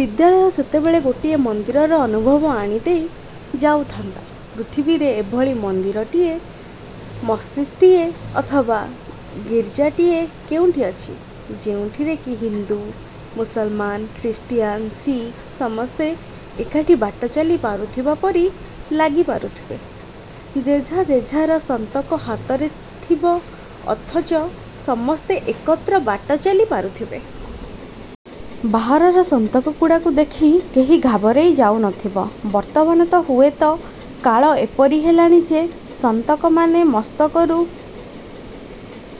ବିଦ୍ୟାଳୟ ସେତେବେଳେ ଗୋଟିଏ ମନ୍ଦିରର ଅନୁଭବ ଆଣିଦେଇ ଯାଉଥାନ୍ତା। ପୃଥିବୀରେ ଏଭଳି ମନ୍ଦିରଟିଏ, ମସଜିଦ୍ଟିଏ ଅଥବା ଗୀର୍ଜାଟିଏ କେଉଁଠି ଅଛି, ଯେଉଁଠିରେ କି ହିନ୍ଦୁ, ମୁସଲମାନ, ଖ୍ରୀଷ୍ଟିଆନ, ଶିଖ ସମସ୍ତେ ଏକାଠି ବାଟ ଚାଲି ପାରୁଥିବା ପରି ଲାଗି ପାରୁଥିବ? ଯେଝା ଯେଝାର ସନ୍ତକ ହାତରେ ଥିବ ଅଥଚ ସମସ୍ତେ ଏକତ୍ର ବାଟ ଚାଲି ପାରୁଥିବେ? ବାହାରର ସନ୍ତକଗୁଡ଼ାକୁ ଦେଖି କେହି ଘାବରେଇ ଯାଉନଥିବ। ବର୍ତ୍ତମାନ ତ ହୁଏତ କାଳ ଏପରି ହେଲାଣି ଯେ ସନ୍ତକମାନେ ମସ୍ତକରୁ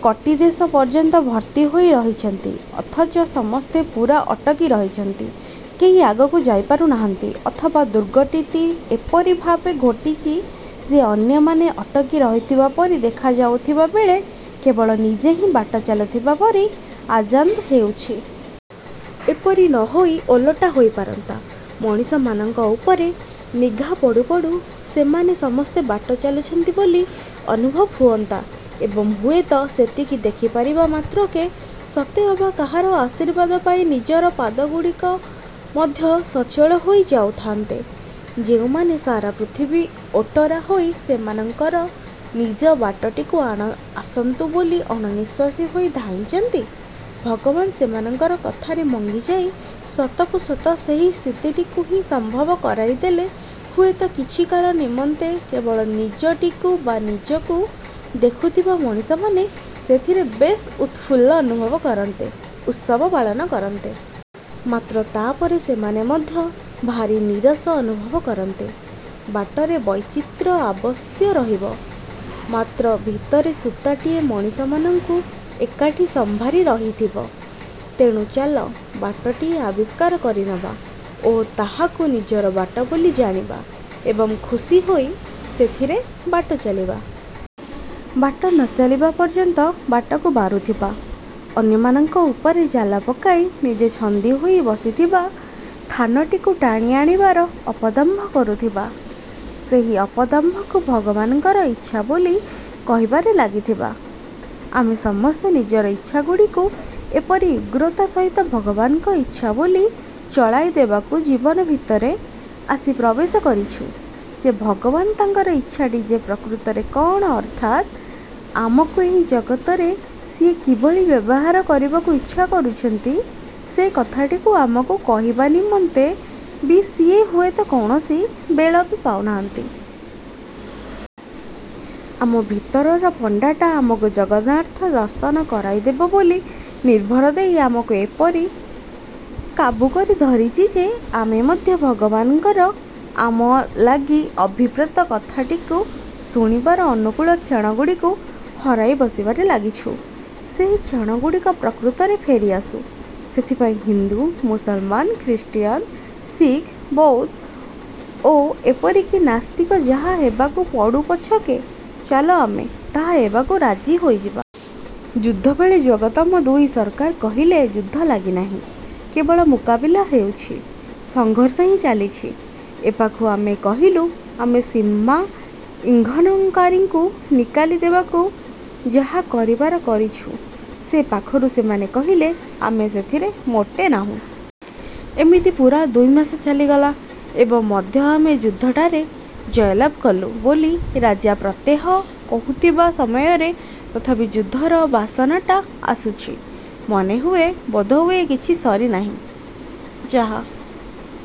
କଟିଦେଶ ପର୍ଯ୍ୟନ୍ତ ଭର୍ତ୍ତି ହୋଇ ରହିଛନ୍ତି ଅଥଚ ସମସ୍ତେ ପୂରା ଅଟକି ରହିଛନ୍ତି, କେହି ଆଗକୁ ଯାଇପାରୁ ନାହାନ୍ତି। ଅଥବା ଦୁର୍ଗତିଟି ଏପରି ଭାବେ ଘୋଟିଛି ଯେ ଅନ୍ୟମାନେ ଅଟକି ରହିଥିବା ପରି ଦେଖାଯାଉଥିବା ବେଳେ କେବଳ ନିଜେ ହିଁ ବାଟ ଚାଲୁଥିବା ପରି ଅନ୍ଦାଜ ହେଉଛି। ଏପରି ନ ହୋଇ ଓଲଟା ହୋଇପାରନ୍ତା, ମଣିଷମାନଙ୍କ ଉପରେ ନିଘା ପଡୁ ପଡୁ ସେମାନେ ସମସ୍ତେ ବାଟ ଚାଲୁଛନ୍ତି ବୋଲି ଅନୁଭବ ହୁଅନ୍ତା ଏବଂ ହୁଏତ ସେତିକି ଦେଖିପାରିବା ମାତ୍ରକେ ସତେଅବା କାହାର ଆଶୀର୍ବାଦ ପାଇ ନିଜର ପାଦଗୁଡ଼ିକ ମଧ୍ୟ ସଚଳ ହୋଇ ଯାଉଥାଆନ୍ତେ। ଯେଉଁମାନେ ସାରା ପୃଥିବୀ ଓଟରା ହୋଇ ସେମାନଙ୍କର ନିଜ ବାଟଟିକୁ ଆସନ୍ତୁ ବୋଲି ଅଣନିଃଶ୍ୱାସୀ ହୋଇ ଧାଇଁଛନ୍ତି, ଭଗବାନ ସେମାନଙ୍କର କଥାରେ ମଙ୍ଗିଯାଇ ସତକୁ ସତ ସେହି ସ୍ଥିତିଟିକୁ ହିଁ ସମ୍ଭବ କରାଇଦେଲେ ହୁଏତ କିଛିକାଳ ନିମନ୍ତେ କେବଳ ନିଜଟିକୁ ବା ନିଜକୁ ଦେଖୁଥିବା ମଣିଷମାନେ ସେଥିରେ ବେଶ୍ ଉତ୍ଫୁଲ୍ଲ ଅନୁଭବ କରନ୍ତେ, ଉତ୍ସବ ପାଳନ କରନ୍ତେ। ମାତ୍ର ତାପରେ ସେମାନେ ମଧ୍ୟ ଭାରି ନୀରସ ଅନୁଭବ କରନ୍ତେ। ବାଟରେ ବୈଚିତ୍ର୍ୟ ଅବଶ୍ୟ ରହିବ, ମାତ୍ର ଭିତରେ ସୂତାଟିଏ ମଣିଷମାନଙ୍କୁ ଏକାଠି ସମ୍ଭାରି ଧରିଥିବ। ତେଣୁ ଚାଲ ବାଟଟିଏ ଆବିଷ୍କାର କରିନେବା ଓ ତାହାକୁ ନିଜର ବାଟ ବୋଲି ଜାଣିବା ଏବଂ ଖୁସି ହୋଇ ସେଥିରେ ବାଟ ଚାଲିବା। ବାଟ ନ ଚାଲିବା ପର୍ଯ୍ୟନ୍ତ ବାଟକୁ ବାରୁଥିବା, ଅନ୍ୟମାନଙ୍କ ଉପରେ ଜାଲ ପକାଇ ନିଜେ ଛନ୍ଦିହୋଇ ବସିଥିବା ଥାନଟିକୁ ଟାଣି ଆଣିବାର ଅପଦମ୍ଭ କରୁଥିବା। ସେହି ଅପଦମ୍ଭକୁ ଭଗବାନଙ୍କର ଇଚ୍ଛା ବୋଲି କହିବାରେ ଲାଗିଥିବା। ଆମେ ସମସ୍ତେ ନିଜର ଇଚ୍ଛାଗୁଡ଼ିକୁ ଏପରି ଉଗ୍ରତା ସହିତ ଭଗବାନଙ୍କ ଇଚ୍ଛା ବୋଲି ଚଳାଇ ଦେବାକୁ ଜୀବନ ଭିତରେ ଆସି ପ୍ରବେଶ କରିଛୁ ଯେ ଭଗବାନ ତାଙ୍କର ଇଚ୍ଛାଟି ଯେ ପ୍ରକୃତରେ କଣ ଅର୍ଥାତ୍ ଆମକୁ ଏହି ଜଗତରେ ସିଏ କିଭଳି ବ୍ୟବହାର କରିବାକୁ ଇଚ୍ଛା କରୁଛନ୍ତି ସେହି କଥାଟିକୁ ଆମକୁ କହିବା ନିମନ୍ତେ ବି ସିଏ ହୁଏତ କୌଣସି ବେଳ ପାଉନାହାନ୍ତି। ଆମ ଭିତରର ପଣ୍ଡାଟା ଆମକୁ ଜଗନ୍ନାଥ-ଦର୍ଶନ କରାଇଦେବ ବୋଲି ନିର୍ଭର ଦେଇ ଆମକୁ ଏପରି କାବୁକରି ଧରିଛି ଯେ, ଆମେ ମଧ୍ୟ ଭଗବାନଙ୍କର ଆମ ଲାଗି ଅଭିପ୍ରେତ କଥାଟିକୁ ଶୁଣିବାର ଅନୁକୂଳ କ୍ଷଣଗୁଡ଼ିକୁ ହରାଇ ବସିବାରେ ଲାଗିଛୁ। ସେହି କ୍ଷଣଗୁଡ଼ିକ ପ୍ରକୃତରେ ଫେରିଆସୁ। ସେଥିପାଇଁ ହିନ୍ଦୁ, ମୁସଲମାନ, ଖ୍ରୀଷ୍ଟିଆନ, ଶିଖ, ବୌଦ୍ଧ ଓ ଏପରିକି ନାସ୍ତିକ ଯାହା ହେବାକୁ ପଡ଼ୁ ପଛକେ, ଚାଲ ଆମେ ତାହା ହେବାକୁ ରାଜି ହୋଇଯିବା। ଯୁଦ୍ଧବେଳେ ଯୋଗ୍ୟତମ ଦୁଇ ସରକାର କହିଲେ ଯୁଦ୍ଧ ଲାଗି ନାହିଁ, କେବଳ ମୁକାବିଲା ହେଉଛି, ସଂଘର୍ଷ ହିଁ ଚାଲିଛି ଏପାଖରୁ ଆମେ କହିଲୁ ଆମେ ସୀମା ଇଂଘନକାରୀଙ୍କୁ ନିକାଲି ଦେବାକୁ ଯାହା କରିବାର କରୁଛୁ, ସେ ପାଖରୁ ସେମାନେ କହିଲେ, ଆମେ ସେଥିରେ ମୋଟେ ନାହୁଁ। ଏମିତି ପୂରା ଦୁଇମାସ ଚାଲିଗଲା। ଏବେ ମଧ୍ୟ ଆମେ ଯୁଦ୍ଧଟାରେ ଜୟଲାଭ କଲୁ ବୋଲି ରାଜା ପ୍ରତ୍ୟହ କହୁଥିବା ସମୟରେ ତଥାପି ଯୁଦ୍ଧର ବାସନାଟା ଆସୁଛି। ମନେହୁଏ, ବୋଧହୁଏ କିଛି ସରିନାହିଁ। ଯାହା